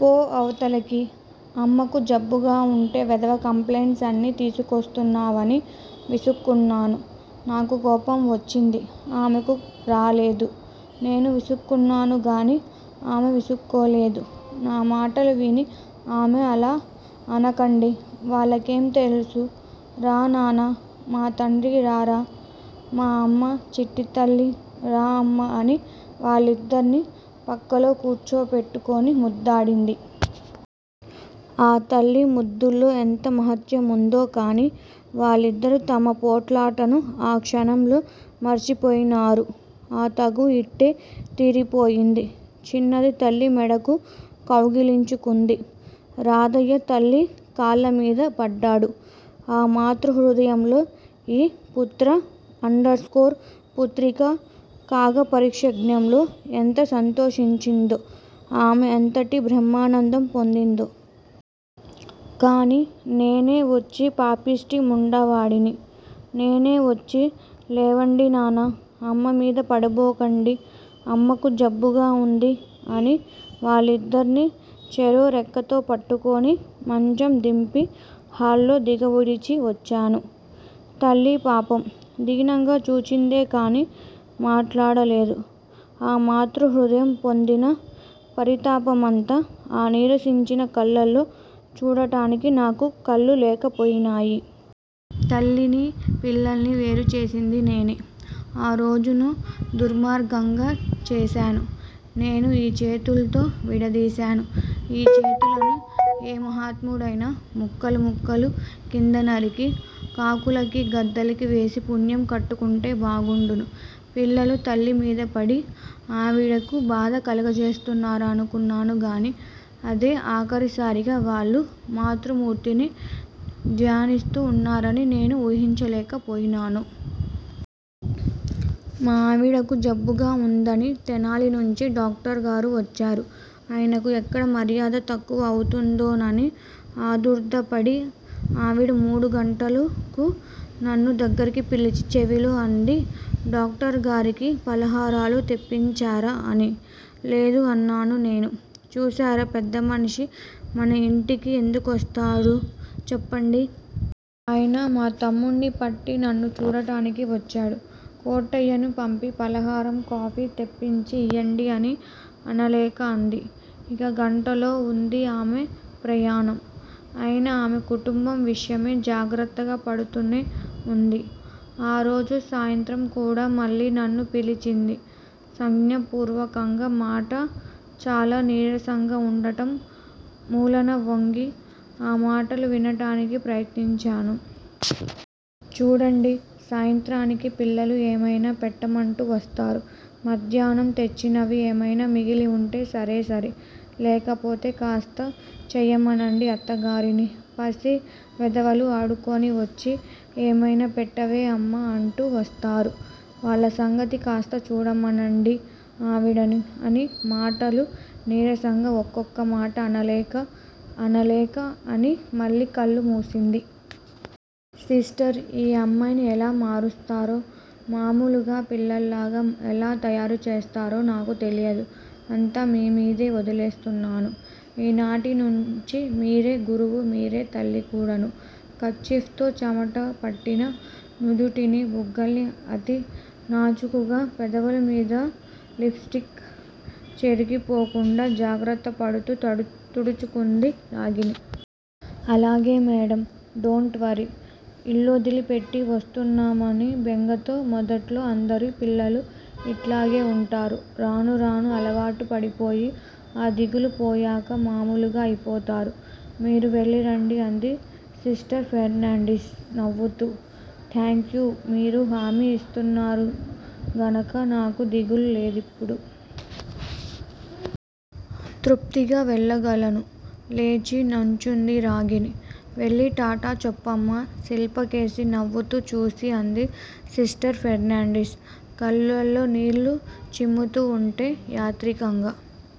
పో అవతలకి. అమ్మకు జబ్బుగా ఉంటే వెధవ కంప్లైంట్స్ అన్నీ తీసుకొస్తానవు అని విసుక్కున్నాను. నాకు కోపం వచ్చింది. ఆమెకు రాలేదు. నేను విసుక్కున్నాను గాని ఆమె విసుక్కోలేదు. నా మాటలు విని ఆమె అలా అనకండి. వాళ్ళకేం తెలుసు? రా నాన్నా, మా తండ్రీ రారా, మా అమ్మా చిట్టితల్లీ, రా అమ్మా అని వాళ్ళిద్దరినీ ప్రక్కలో కూర్చో పెట్టుకుని ముద్దాడింది. ఆ తల్లి ముద్దులో ఏం మహత్యం ఉందో కానీ. వాళ్ళిద్దరూ తమ పోట్లాటను, ఆ క్షణంలో మరచిపోయినారు. ఆ తగూ ఇట్టే తీరిపోయింది. చిన్నది తల్లి మెడకు కౌగిలించుకొంది. రాధాయ తల్లి కాళ్ళమీద పడ్డాడు. ఆ మాతృ హృదయం, ఈ పుత్ర_పుత్రికా కాగాపరిష్యంగంలో ఎంత సంతోషించిందో, ఆమె ఎంతటి బ్రహ్మానందం పొందిందో! కానీ, నేను వచ్చి పాపిష్టి ముండావాణ్ణి, నేనే వచ్చి, లేవండి నాన్నా, అమ్మమీద పడబోకండి, అమ్మకు జబ్బుగా ఉంది, అని వాళ్ళిద్దరిని చెరో రెక్కతో పట్టుకొని మంచం దింపి, హాల్లో దిగవిడిచి వచ్చాను. తల్లి పాపం, దీనంగా చూచిందే కానీ మాట్లాడ లేదు. ఆ మాతృహృదయం పొందిన పరితాపమంతా ఆ నీరసించిన కళ్ళలో చూడటానికి నాకు కళ్ళు లేక పోయినాయి. తల్లినీ పిల్లలనూ వేరు చేసింది నేనే. ఆ రోజున దుర్మార్గం చేశాను. నేనే ఈ చేతులతో విడతీశాను. ఈ చేతులను ఏ మహాత్ముడైనా ముక్కలు ముక్కల క్రింద నరికి, కాకులకూ, గద్దలకూ వేసి పుణ్యం కట్టుకుంటే బాగుండును. పిల్లలు తల్లి మీదపడి ఆవిడకు బాధ కలుగజేస్తురనుకొన్నాను గాని, అదే ఆఖరుసారిగా వాళ్ళు మాతృమూర్తిని ధ్యానిస్తూ ఉన్నారని నేను ఊహించలేక పోయినాను. మా ఆవిడకు జబ్బుగా ఉందని తెనాలి నుంచి డాక్టరు గారు వచ్చారు. ఆయనకు ఎక్కడ మర్యాద తక్కువ అవుతుందోనని ఆదుర్దాపడి ఆవిడ మూడు గంటలకు నన్ను దగ్గరకు పిలిచి చెవిలో అన్నదీ, డాక్టరుగారికి ఫలహారం తెప్పించారా అని. లేదు అన్నాను నేను. చూశారా పెద్దమనిషి మన ఇంటికి ఎందుకొస్తాడు చెప్పండి. ఆయన మా తమ్ముడ్ని పట్టి నన్ను చూడటానికి వచ్చాడు. కోటయ్యను పంపి ఫలహారం, కాఫీ తెప్పించి ఇయ్యండి అని అనలేక అన్నది. ఇక గంటలలో ఉంది ఆమె ప్రయాణం. అయినా ఆమె కుటుంబ విషయమై జాగ్రత్త పడుతూనే ఉంది. ఆరోజు సాయంత్రం కూడా మళ్ళీ నన్ను పిలిచింది సంజ్ఞా పూర్వకంగా మాట చాలా నీరసంగా ఉండటం మూలాన వంగి, ఆ మాటలు వినటానికి ప్రయత్నించాను. చూడండీ, సాయంత్రానికి పిల్లలు ఏమైనా పెట్టమంటూ వస్తారు. మధ్యాహ్నం తెచ్చినవి ఏమైనా మిగిలివుంటే సరేసరి. లేకపోతే కాస్త చెయ్యమనండి అత్తగారిని. పసి వెధవలు ఆడుకొనివచ్చి ఏమయినా పెట్టవే అమ్మా అంటూ వస్తారు. వాళ్ళసంగతి కాస్త చూడమనండి ఆవిడను అన్ని మాటలు నీరసంగా ఒక్కొక్క మాటే అనలేక, అనలేక అని మళ్ళీ కళ్ళు మూసింది. సిస్టర్! ఈ అమ్మాయిని ఎలా మారుస్తారో, మామూలు పిల్లల్లాగ ఎలా తయారుచేస్తారో నాకు తెలీదు. అంతా మీమీద ఒదిలేస్తున్నాను. ఈనాటి నుంచి మీరే గురువూ, మీరే తల్లి కూడాను. కర్చీఫ్ తో చెమటపట్టిన నుదుటినీ బుగ్గల్నీ అతి నాజూకుగా, పెదవులమీద లిప్ స్టిక్ చెరిగిపోకుండా జాగ్రత్తపడుతూ తుడుచుకుంది రాగిణి. అలాగే మేడమ్! Don't worry. ఇల్లొదిలిపెట్టి వచ్చేస్తున్నామన్న బెంగతో మొదట్లో అందరు పిల్లలూ ఇట్లాగే వుంటారు. రాను రాను అలవాటు పడిపోయి ఆ దిగులు పోయాక మామూలుగా అయిపోతారు. మీరు వెళ్ళిరండి అంది సిస్టర్ ఫెర్నాండిస్, నవ్వుతూ. థాంక్స్ మీరు హామీ ఇస్తున్నారు గనుక నాకే దిగులూ లేదిప్పుడు. తృప్తిగా వెళ్ళగలను. లేచి నుంచుంది రాగిణి. వెళ్ళి టాటా చెప్పమ్మా శిల్పకేసి నవ్వుతూ చూసి అంది సిస్టర్ ఫెర్నాండిస్. కళ్ళల్లో నీళ్ళు చిమ్ముతూ వుంటే, యాంత్రికంగా